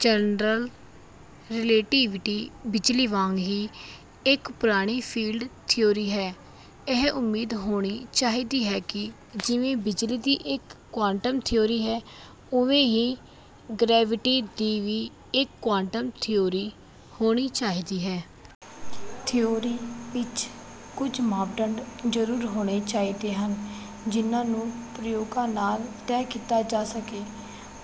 General relativity ਬਿਜਲੀ ਵਾਂਗ ਹੀ ਇੱਕ ਪੁਰਾਣੀ ਫੀਲਡ ਥਿਊਰੀ ਹੈ। ਇਹ ਉਮੀਦ ਹੋਣੀ ਚਾਹੀਦੀ ਹੈ ਕਿ ਜਿਵੇਂ ਬਿਜਲੀ ਦੀ ਇੱਕ ਕੁਆਂਟਮ ਥਿਊਰੀ ਹੈ ਉਵੇਂ ਹੀ ਗਰੈਵਿਟੀ ਦੀ ਵੀ ਇੱਕ ਕੁਆਂਟਮ ਥਿਊਰੀ ਹੋਣੀ ਚਾਹੀਦੀ ਹੈ। ਥਿਊਰੀ ਵਿੱਚ ਕੁੱਝ ਮਾਪਦੰਡ ਜ਼ਰੂਰ ਹੋਣੇ ਚਾਹੀਦੇ ਹਨ ਜਿਨ੍ਹਾਂ ਨੂੰ ਪ੍ਰਯੋਗਾਂ ਨਾਲ ਤੈਅ ਕੀਤਾ ਜਾ ਸਕੇ।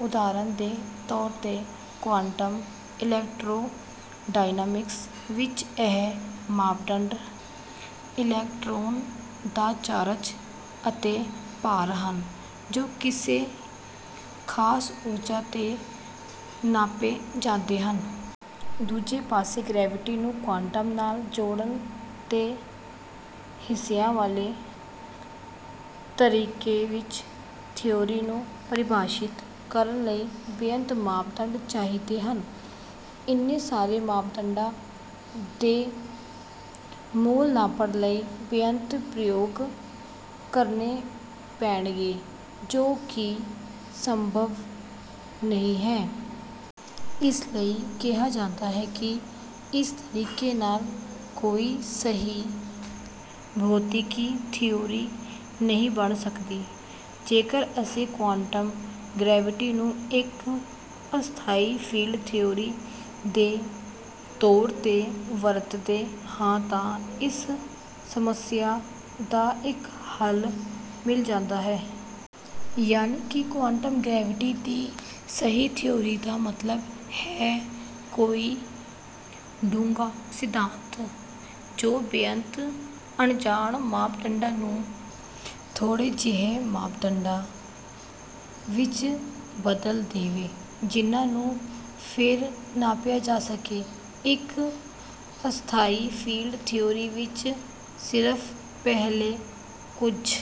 ਉਦਾਹਰਨ ਦੇ ਤੌਰ ਤੇ ਕੁਆਂਟਮ ਇਲੈਕਟ੍ਰੋਡਾਇਨਾਮਿਕਸ ਵਿੱਚ ਇਹ ਮਾਪਦੰਡ ਇਲੈਕਟ੍ਰੌਨ ਦਾ ਚਾਰਜ ਅਤੇ ਭਾਰ ਹਨ ਜੋ ਕਿਸੇ ਖਾਸ ਊਰਜਾ ਤੇ ਨਾਪੇ ਜਾਂਦੇ ਹਨ। ਦੂਜੇ ਪਾਸੇ ਗਰੈਵਿਟੀ ਨੂੰ ਕੁਆਂਟਮ ਨਾਲ ਜੋੜਨ ਤੇ ਹਿੱਸਿਆਂ ਵਾਲੇ ਤਰੀਕੇ ਵਿੱਚ ਥਿਊਰੀ ਨੂੰ ਪਰਿਭਾਸ਼ਿਤ ਕਰਨ ਲਈ ਬੇਅੰਤ ਮਾਪਦੰਡ ਚਾਹੀਦੇ ਹਨ। ਇੰਨੇ ਸਾਰੇ ਮਾਪਦੰਡਾਂ ਦੇ ਮੁੱਲ ਨਾਪਣ ਲਈ ਬੇਅੰਤ ਪ੍ਰਯੋਗ ਕਰਨੇ ਪੈਣਗੇ ਜੋ ਕਿ ਸੰਭਵ ਨਹੀਂ ਹੈ। ਇਸ ਲਈ ਕਿਹਾ ਜਾਂਦਾ ਹੈ ਕਿ ਇਸ ਤਰੀਕੇ ਨਾਲ ਕੋਈ ਸਹੀ ਭੌਤਿਕੀ ਥਿਊਰੀ ਨਹੀਂ ਬਣ ਸਕਦੀ। ਜੇਕਰ ਅਸੀਂ ਕੁਆਂਟਮ ਗਰੈਵਿਟੀ ਨੂੰ ਇੱਕ ਅਸਥਾਈ ਫੀਲਡ ਥਿਊਰੀ ਦੇ ਤੌਰ ਤੇ ਵਰਤਦੇ ਹਾਂ ਤਾਂ ਇਸ ਸਮੱਸਿਆ ਦਾ ਇੱਕ ਹੱਲ ਮਿਲ ਜਾਂਦਾ ਹੈ। ਯਾਨਿ ਕਿ ਕੁਆਂਟਮ ਗਰੈਵਿਟੀ ਦੀ ਸਹੀ ਥਿਊਰੀ ਦਾ ਮਤਲਬ ਹੈ ਕੋਈ ਡੂੰਘਾ ਸਿਧਾਂਤ ਜੋ ਬੇਅੰਤ ਅਣਜਾਣ ਮਾਪਦੰਡਾਂ ਨੂੰ ਥੋੜ੍ਹੇ ਜਿਹੇ ਮਾਪਦੰਡਾਂ ਵਿੱਚ ਬਦਲ ਦੇਵੇ ਜਿਨ੍ਹਾਂ ਨੂੰ ਫਿਰ ਨਾਪਿਆ ਜਾ ਸਕੇ। ਇੱਕ ਅਸਥਾਈ ਫੀਲਡ ਥਿਊਰੀ ਵਿੱਚ ਸਿਰਫ ਪਹਿਲੇ ਕੁੱਝ